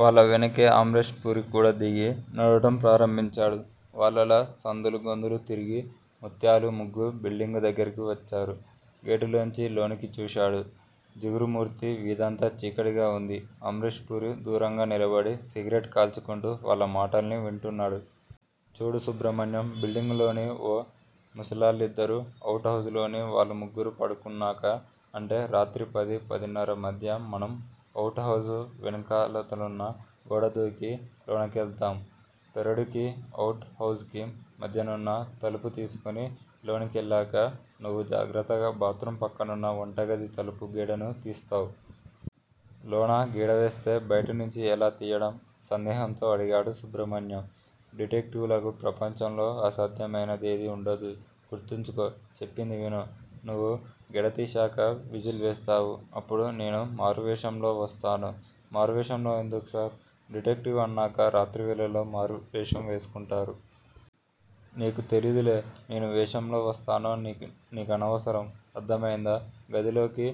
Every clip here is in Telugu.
వాళ్ళ వెనకే అమ్రేష్ పురీ కూడా దిగి, నడవడం ప్రారంభించాడు. వాళ్ళలా సందులూ, గొందులూ తిరిగి ముత్యాలు ముగ్గు బిల్డింగు దగ్గర కొచ్చారు. గేటులోంచి లోనకి చూశాడు జిగురుమూర్తి. వీధంతా చీకటిగా ఉంది. అమ్రేష్ పురీ దూరంగా నిలబడి సిగరెట్ కాల్చుకుంటూ వాళ్ళ మాటల్ని వింటున్నాడు. చూడు సుబ్రమణ్యం బిల్డింగ్ లోని ఓ ముసిలాళ్ళిద్దరూ, అవుట్ హౌస్ లోని వాళ్ళు ముగ్గురూ పడుకున్నాక, అంటే రాత్రి పది, పదిన్నర మధ్య మనం అవుట్ హౌస్ వెనకాతలున్న గోడదూకి, లోనకెళ్తాం పెరడుకీ, అవుట్ హౌస్ కీ మధ్యనున్న తలుపు తీసుకుని లోనకెళ్ళాక నువ్వు జాగ్రత్తగా బాత్రూం పక్కనున్న వంటగది తలుపు గెడను తీస్తావ్. లోన గెడవేస్తే బయటి నుంచి ఎలా తియ్యడం? సందేహంతో అడిగాడు సుబ్రమణ్యం. డిటెక్టివ్ లకు ప్రపంచంలో అసాధ్యమైనదేదీ ఉండదు గుర్తుంచుకో చెప్పింది విను. నువ్వు గెడ తీశాక విజిల్ వేస్తావు అప్పుడు నేను మారువేషంలో వస్తాను. మారు వేషంలో ఎందుకు సార్? డిటెక్టివ్ అన్నాక రాత్రివేళల్లో మారువేషం వేసుకుంటారు. నీకు తెలీదులే. నేనే వేషంలో వస్తానో నీకనవసరం. అర్ధమైందా? గదిలోకి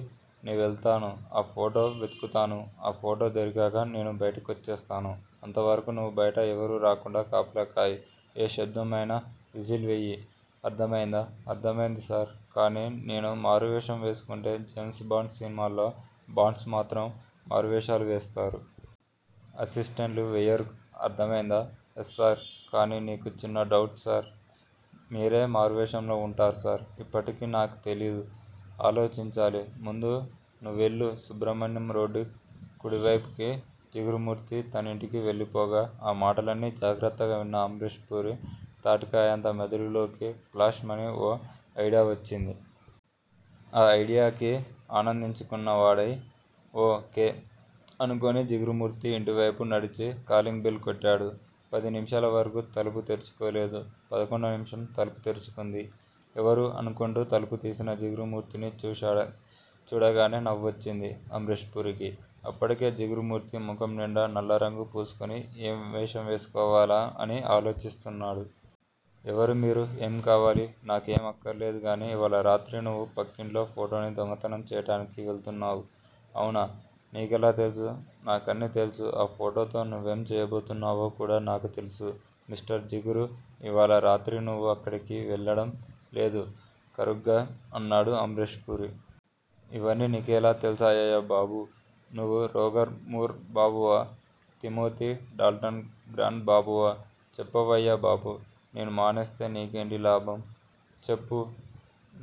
నేవెళ్తాను ఆ ఫోటో వెతుకుతాను ఆ ఫోటో దొరికాక నేను బయటికొచ్చేస్తాను. అంతవరకూ నువ్వు బయట ఎవరూ రాకుండా కాపలా కాయి. ఏ శబ్దం అయినా 'విజిల్' వెయ్యి. అర్ధమైందా? అర్ధమైంది సార్! కానీ నేనూ మారువేషం వేసుకుంటే జేమ్స్ బాండ్ సినిమాల్లో, బాండ్స్ మాత్రమే మారువేషాలు వేస్తారు. అసిస్టెంట్లు వెయ్యరు అర్ధమైందా? ఎస్సర్ కానీ నీకు చిన్న డౌట్ సర్. మీరే మారువేషంలో ఉంటారు సర్? ఇప్పటికీ నాకు తెలీదు. ఆలోచించాలి ముందు నువ్వెళ్ళు. సుబ్రమణ్యం రోడ్డు కుడివేపుకి, జిగురుమూర్తి తనింటికి వెళ్ళిపోగా ఆ మాటలన్నీ జాగ్రత్తగా విన్న అమ్రేష్ పురీ తాటికాయంత మెదడులోకి 'ఫ్లాష్'మని ఓ అయిడియా వచ్చింది. ఆ అయిడియాకి ఆనందించుకున్న వాడై, ఓ. కే. అనుకుని జిగురుమూర్తి ఇంటివేపు నడిచి, కాలింగ్ బెల్ కొట్టాడు. పది నిమిషాల వరకూ తలుపు తెరుచుకోలేదు. పదకొండో నిమిషం తలుపు తెరుచుకుంది. ఎవరూ అనుకుంటూ తలుపు తీసిన జిగురుమూర్తిని చూడగానే నవ్వొచ్చింది అమ్రేష్ పురీకి. అప్పటికే జిగురుమూర్తి ముఖం నిండా నల్లరంగు పూసుకుని, ఏ వేషం వేసుకోవాలా అని ఆలోచిస్తున్నాడు. ఎవరు మీరు? ఏం కావాలి? నాకేమీ అక్కర్లేదు గానీ ఇవాళ రాత్రి నువ్వు పక్కింట్లో ఫోటోని దొంగతనం చెయ్యడానికి వెళ్తున్నావ్. అవునా? నీకెలా తెలుసు? నాకన్నీ తెలుసు ఆ ఫోటోతో నువ్వేం చెయ్యబోతున్నావో కూడా నాకు తెలుసు మిస్టర్ జిగురూ ఇవాళ రాత్రి నువ్వు అక్కడికి వెళ్ళడం లేదు కరుగ్గా అన్నాడు అమ్రేష్ పురి. ఇవన్నీ నీకెలా తెల్సాయయ్యా బాబూ నువ్వు రోగర్ మూర్ బాబువా? తిమోతీ డాల్టన్ గ్రాండ్ బాబువా? చెప్పవయ్యా బాబు? నేను మానేస్తే నీకేంటి లాభం చెప్పు.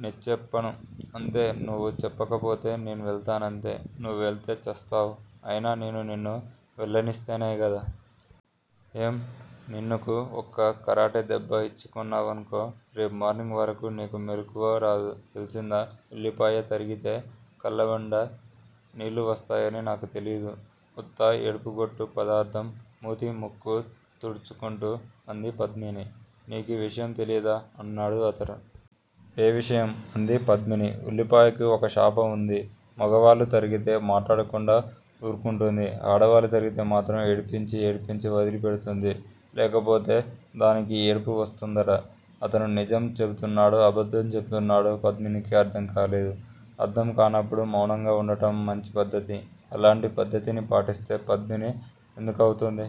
నేచ్చెప్పను అంతే నువ్వు చెప్పకపోతే, నే వెళ్తానంతే. నువ్వు వెళ్తే ఛస్తావ్ అయినా నేను నిన్ను వెళ్ళనిస్తేనే గదా! ఏం? నేన్నీకు ఒక్క కరాటే దెబ్బ ఇచ్చుకున్నాననుకో రేపు మార్నింగ్ వరకూ నీకు మెలుకువ రాదు. తెల్సిందా? ఉల్లిపాయ తరిగితే కళ్ల వెంట నీళ్ళు వస్తాయని నాకు తెలీదు. ఉత్త ఏడుపుగొట్టు పదార్ధం మూతి ముక్కు తుడుచుకుంటూ అంది పద్మిని. నీకీ విషయం తెలీదా! అన్నాడు అతను. ఏ విషయం? అంది పద్మిని. ఉల్లిపాయకి ఒక శాపం వుంది. మగవాళ్ళు తరిగితే మాట్లాడకుండా ఊర్కుంటుంది. ఆడవాళ్ళు తరిగితే మాత్రం ఏడిపించి ఏడిపించి వదిలి పెడుతుంది. లేకపోతే దానికి ఏడుపు వస్తుందట. అతను నిజం చెబుతున్నాడో, అబద్ధం చెబుతున్నాడో? పద్మినీకి అర్ధంకాలేదు. అర్ధం కానప్పుడు మౌనంగా వుండటం మంచి పద్ధతి. అలాంటి పద్ధతిని పాటిస్తే 'పద్మిని' ఎందుకౌతుంది.